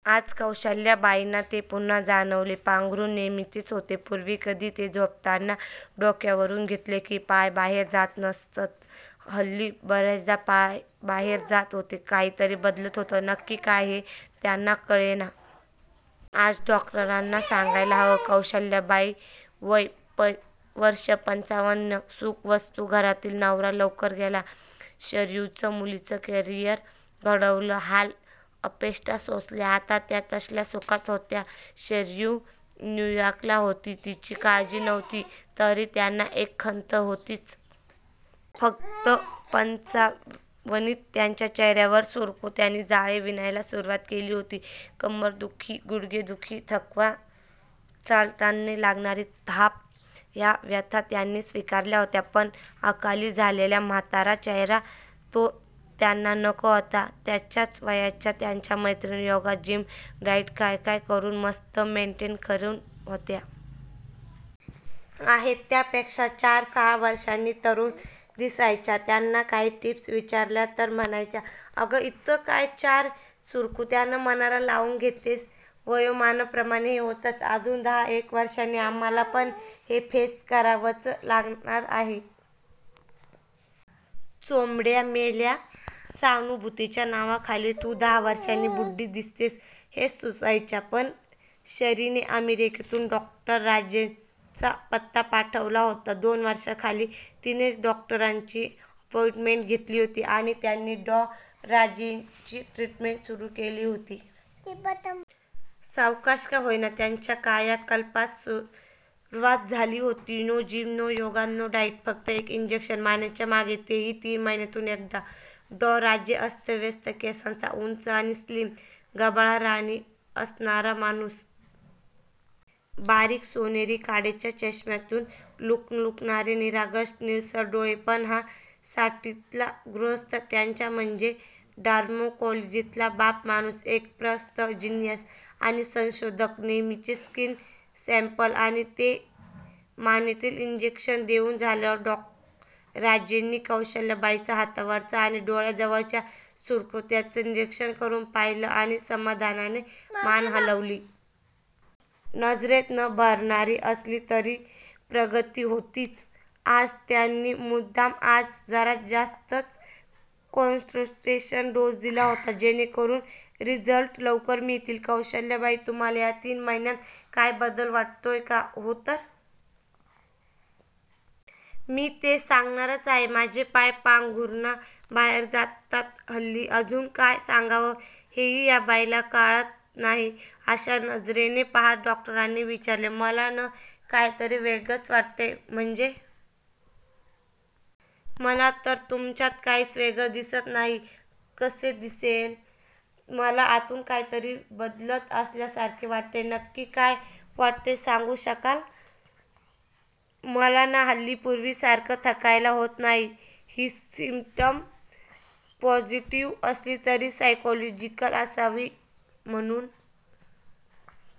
आज कौसल्याबाईंना ते पुन्हा जाणवले. पांघरून नेहमीचेच होते. पूर्वी कधी, ते झोपताना डोक्यावरून घेतले की, पाय बाहेर जात नसत. हल्ली बरेचदा पाय बाहेर जात होते. काहीतरी बदलत होत. नक्की काय हे त्यांना कळेना. आज डॉक्टरांना सांगायला हवं. कौसल्याबाई वय वर्ष पंच्चावन. सुखवस्तू घरातील. नवरा लवकर गेला. शरयूच मुलीचं करियर घडवलं. हाल अपेष्टा सोसल्या. आता त्या तश्या सुखात होत्या. शरयू न्यूयार्कला होती. तिची काळजी नव्हती. तरी त्यांना एक खन्त होतीच. फक्त पंच्चावनीत त्यांच्या चेहऱ्यावर, सुरकुत्यांनी जाळे विणायला सुरवात केली होती! कंबरदुखी, गुडघेदुखी, थकवा, चालतानाची लागणारी धाप या व्यथा त्यांनी स्वीकारल्या होत्या. पण अकाली झालेला म्हातारा चेहरा! तो त्यांना नको होता! त्यांच्याच वयाच्या त्यांच्या मैत्रिणी, योगा, जिम, डाएट, काय काय करून मस्त मेंटेन करून होत्या. आहेत त्या पेक्षा, चार सहा वर्षांनी तरुण दिसायच्या. त्यांना काही टिप्स विचारल्या तर म्हणायच्या 'अग, इतकं काय त्या चार सुरकुत्यांचं मनाला लावून घेतसे? वयोमानाप्रमाणे हे होतच. अजून दहा एक वर्षांनी, आम्हाला पण हे फेस करावंच लागणारच आहे! ' चोम्बड्या मेल्या! सहानुभूतीच्या नावाखाली तू दहा वर्षांनी बुड्डी दिसतेस हेच सुचायच्या! पण शरीने अमेरिकेतून डॉ. राजेंचा पत्ता पाठवला होता, दोन वर्षा खाली. तिनेच डॉक्टरांची अपॉइंटमेंट घेतली होती आणि त्यांनी डॉ. राजेंची ट्रीटमेंट सुरु केली होती. सावकाश का होईना, त्यांच्या कायाकल्पास सुरवात झाली होती. No gym, no yoga, no diet! फक्त एक इंजेक्शन मानेच्या मागे ते हि तीन महिन्यातून एकदा डॉ. राजे. अस्ताव्यस्त केसांचा, उंच आणि स्लिम, गबाळा राहणी असणारा माणूस! बारीक सोनेरी काडीच्या चष्म्यातून लुकलुकणारे निरागस निळसर डोळे! पण हा साठीतला गृहस्थ, त्याच्या म्हणजे डर्माकोलॉजितला 'बाप' माणूस! एक प्रस्त! जिनियस! आणि संशोधक! नेहमीचे स्किन सॅम्पल, आणि ते मानेतील इंजक्शन देऊन झाल्यावर, डॉ. राजेंनी कौसल्याबाईंच्या हातावरच्या आणि डोळ्या जवळच्या सुकुत्यांचं निरीक्षण करून पाहिलं आणि समाधानाने मान हलवली. नजरेत न भरणारी असली तरी, प्रगती होतीच. आज त्यांनी मुद्दाम आज जरा ज्यास्त कॉन्सन्ट्रेशनचा डोस दिला होता. जेणेकरून रिझल्ट लवकर मिळतील. "कौसल्याबाई, तुम्हाला या तीन महिन्यात काही बदल वाटतोय का? " "हो तर! मी ते सांगणारच आहे. माझे पाय पाघरुणा बाहेर जातात हल्ली! " "अजून? " काय सांगावं, हे हि या बाईला काळात नाही, अशा नजरेने पहात डॉक्टरांनी विचारले. "मला, न काही तरी वेगळंच वाटतंय! "" म्हणजे? मला तर तुमच्यात काहीच वेगळं दिसत नाही. " "कसे दिसेल? मला आतून काहीतरी बदलत असल्या सारखे वाटतंय! " "नक्की काय वाटतंय, सांगू शकाल? " "मला न हल्ली, पूर्वी सारखं थकायला होत नाही! " हि सिमटम पॉसिटीव्ह असली तरी सायकॉलॉजिकल असावी, म्हाणून